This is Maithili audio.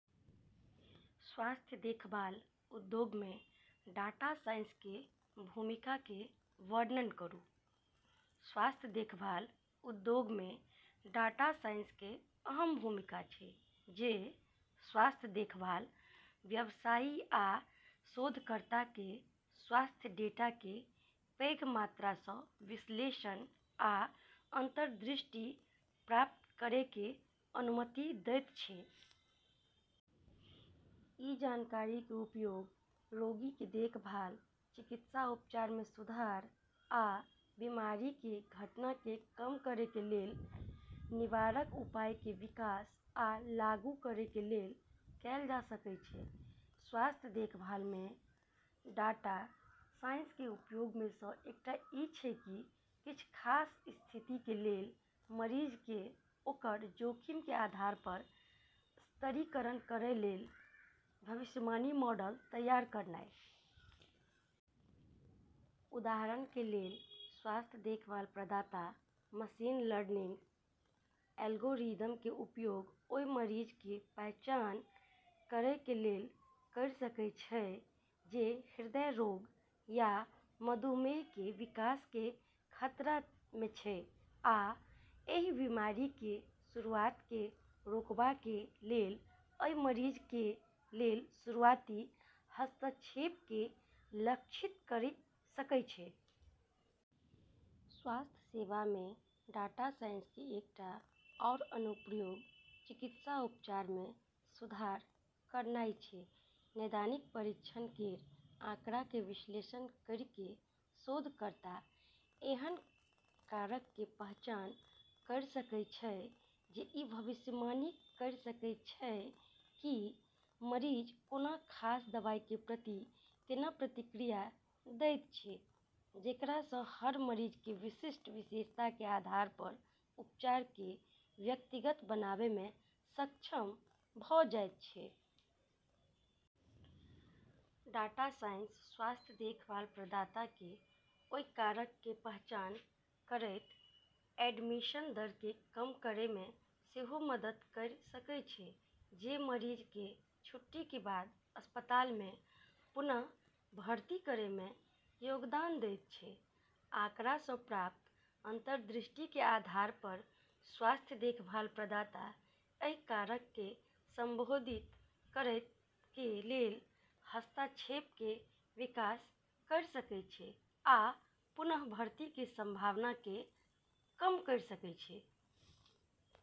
स्वास्थ्य देखभाल उद्योगमे डाटा साइंसके भूमिकाके वर्णन करू - स्वास्थ्य देखभाल उद्योगमे डाटा साइंसके अहम भूमिका छै, जे स्वास्थ्य देखभाल व्यवसायी आ शोधकर्ताके स्वास्थ्य डेटाके पैघ मात्रासँ विश्लेषण आ अंतर्दृष्टि प्राप्त करैके अनुमति दैत छै। ई जानकारीके उपयोग रोगीके देखभाल, चिकित्सा उपचारमे सुधार आ बीमारिके घटनाके कम करैके लेल निवारक उपायके विकास आ लागू करैके लेल कैल जा सकै छै। स्वास्थ्य देखभालमे डाटा साइंसके उपयोगमे सँ एकटा ई छै कि किछ खास स्थितिके लेल मरीजके ओकर जोखिमके आधार पर स्तरीकरण करैके लेल भविष्यवाणी मॉडल तैयार करनाइ। उदाहरणके लेल, स्वास्थ्य देखभाल प्रदाता मशीन लर्निंग एल्गोरिदमके उपयोग ओइ मरीजके पहचान करैके लेल करि सकय छै जे हृदय रोग या मधुमेहके विकासके खतरामे छै आ एहि बीमारिके शुरुआतके रोकबाके लेल अइ मरीजके लेल शुरुआती हस्तक्षेपके लक्षित करि सकय छै। स्वास्थ्य सेवामे डाटा साइंसके एकटा आओर अनुप्रयोग चिकित्सा उपचारमे सुधार करनाइ छै। नैदानिक परीक्षण केर आँकड़ाके विश्लेषण करिके शोधकर्ता एहन कारकके पहचान करि सकै छै जे ई भविष्यवाणी करि सकै छै कि मरीज कोनो खास दवाइके प्रति केना प्रतिक्रिया दैत छै, जेकरासँ डॉक्टर हर मरीज केर विशिष्ट विशेषताके आधार पर उपचारके व्यक्तिगत बनाबैमे सक्षम भ' जाइत छै। डाटा साइंस स्वास्थ्य देखभाल प्रदाताके ओइ कारकके पहचान करैत रिएडमिशन दरके कम करैमे सेहो मदद करि सकै छै जे मरीजके छुट्टीके बाद अस्पतालमे पुनः भर्ती करैमे योगदान दैत छै। आँकड़ासँ प्राप्त अंतर्दृष्टिके आधार पर स्वास्थ्य देखभाल प्रदाता एहि कारकके संबोधित करैके लेल हस्तक्षेपके विकास करि सकै छै आ पुनः भर्तीके संभावनाके कम करि सकै छै।